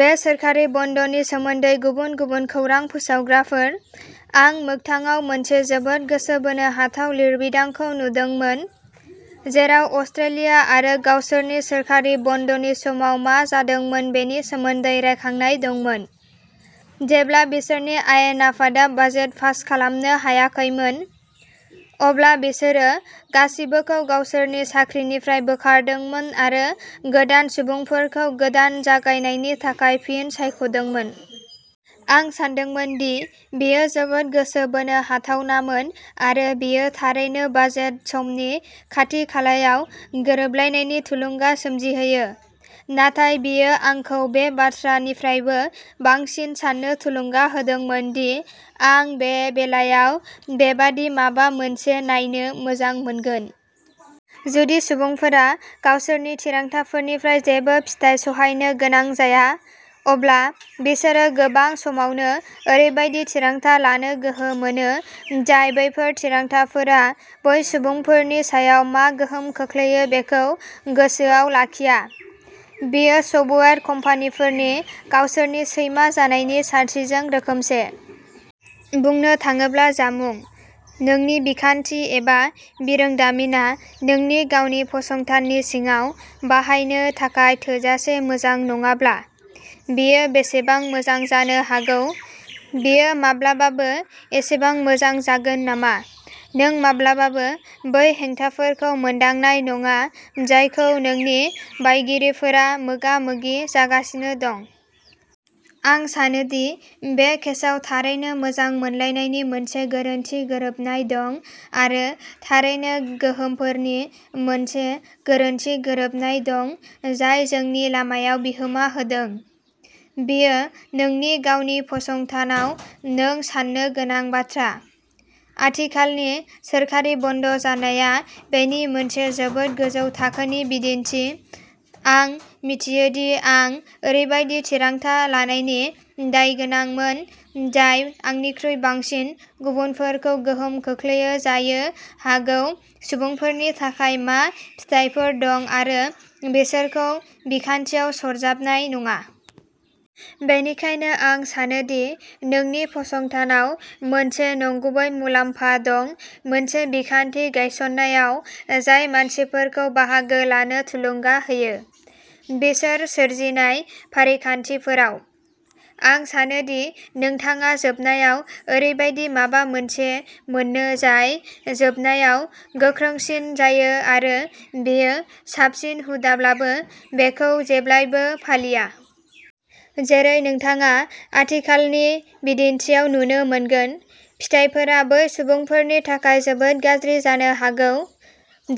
बे सोरखारि बन्द'नि सोमोन्दै गुबुन गुबुन खौरां फोसावग्राफोर। आं मोगथाङाव मोनसे जोबोद गोसो बोनो हाथाव लिरबिदांखौ नुदोंमोन, जेराव अस्ट्रेलिया आरो गावसोरनि सोरखारि बन्द'नि समाव मा जादोंमोन बेनि सोमोन्दै रायखांनाय दंमोन। जेब्ला बिसोरनि आयेन आफादा बाजेट पास खालामनो हायाखैमोन, अब्ला बिसोरो गासिबोखौ गावसोरनि साख्रिनिफ्राय बोखारदोंमोन आरो गोदान सुबुंफोरखौ गोदान जागायनायनि थाखाय फिन सायख'दोंमोन। आं सानदोंमोन दि बेयो जोबोद गोसो बोनो हाथावनामोन आरो बेयो थारैनो बाजेट समनि खाथि-खालायाव गोरोबलायनायनि थुलुंगा सोमजिहोयो, नाथाय बेयो आंखौ बे बाथ्रानिफ्रायबो बांसिन साननो थुलुंगा होदोंमोन दि आं बे बेलायाव बेबादि माबा मोनसे नायनो मोजां मोनगोन। जुदि सुबुंफोरा गावसोरनि थिरांथाफोरनिफ्राय जेबो फिथाय सहायनो गोनां जाया, अब्ला बिसोरो गोबां समावनो ओरैबायदि थिरांथा लानो गोहो मोनो, जाय बैफोर थिरांथाफोरा बै सुबुंफोरनि सायाव मा गोहोम खोख्लैयो बेखौ गोसोआव लाखिया। बेयो सफ्टवेयार कम्पानिफोरनि गावसोरनि सैमा जानायनि सानस्रिजों रोखोमसे। बुंनो थाङोब्ला जामुं। नोंनि बिखान्थि एबा बिरोंदामिनआ नोंनि गावनि फसंथाननि सिङाव बाहायनो थाखाय थोजासे मोजां नङाब्ला, बेयो बेसेबां मोजां जानो हागौ? बेयो माब्लाबाबो एसेबां मोजां जागोन नामा? नों माब्लाबाबो बै हेंथाफोरखौ मोनदांनाय नङा जायखौ नोंनि बायगिरिफोरा मोगा-मोगि जागासिनो दं। आं सानो दि बे केसाव थारैनो मोजां मोनलायनायनि मोनसे गोरोन्थि गोरोबनाय दं आरो थारैनो गोहोमफोरनि मोनसे गोरोन्थि गोरोबनाय दं जाय जोंनि लामायाव बिहोमा होदों। बेयो नोंनि गावनि फसंथानाव नों साननो गोनां बाथ्रा। आथिखालनि सोरखारि बन्द' जानाया बेनि मोनसे जोबोद गोजौ थाखोनि बिदिन्थि, आं मिथियो दि आं ओरैबायदि थिरांथा लानायनि दायगोनांमोन जाय आंनिख्रुइ बांसिन गुबुनफोरखौ गोहोम खोख्लैयो जानो हागौ सुबुंफोरनि थाखाय मा फिथायफोर दं आरो बिसोरखौ बिखान्थियाव सरजाबनाय नङा। बेनिखायनो आं सानो दि नोंनि फसंथानाव मोनसे नंगुबै मुलाम्फा दं मोनसे बिखान्थि गायसन्नायाव जाय मानसिफोरखौ बाहागो लानो थुलुंगा होयो। बिसोर सोरजिनाय फारिखान्थिफोराव। आं सानो दि नोंथाङा जोबनायाव ओरैबायदि माबा मोनसे मोनो जाय जोबनायाव गोख्रोंसिन जायो आरो बेयो साबसिन हुदाब्लाबो बेखौ जेब्लाबो फालिया। जेरै नोंथाङा आथिखालनि बिदिन्थिआव नुनो मोनगोन, फिथायफोरा बै सुबुंफोरनि थाखाय जोबोद गाज्रि जानो हागौ,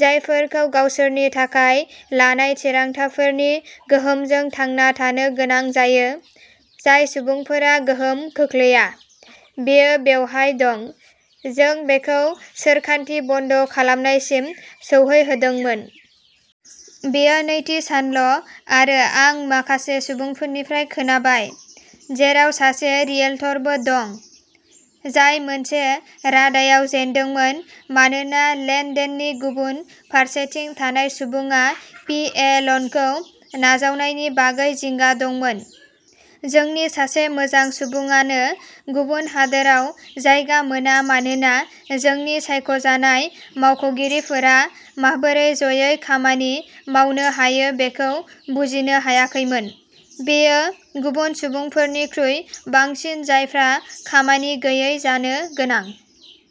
जायफोरखौ गावसोरनि थाखाय लानाय थिरांथाफोरनि गोहोमजों थांना थानो गोनां जायो, जाय सुबुंफोरा गोहोम खोख्लैया। बेयो बेवहाय दं। जों बेखौ सोरखारि बन्द' खालामनायसिम सौहैहोदोंमोन। बेयो नैथि सानल' आरो आं माखासे सुबुंफोरनिफ्राय खोनाबाय, जेराव सासे रियेल्टरबो दं, जाय मोनसे रादायाव जेनदोंमोन मानोना लेन-देननि गुबुन फारसेथिं थानाय सुबुङा भि ए ल'नखौ नाजावनायनि बागै जिंगा दंमोन। जोंनि सासे मोजां सुबुङानो गुबुन हादोराव जायगा मोना मानोना जोंनि सायख'जानाय मावख'गिरिफोरा माबोरै ज'यै खामानि मावनो हायो बेखौ बुजिनो हायाखैमोन। बेयो गुबुन सुबुंफोरनिख्रुइ बांसिन जायफ्रा खामानि गैयै जानो गोनां,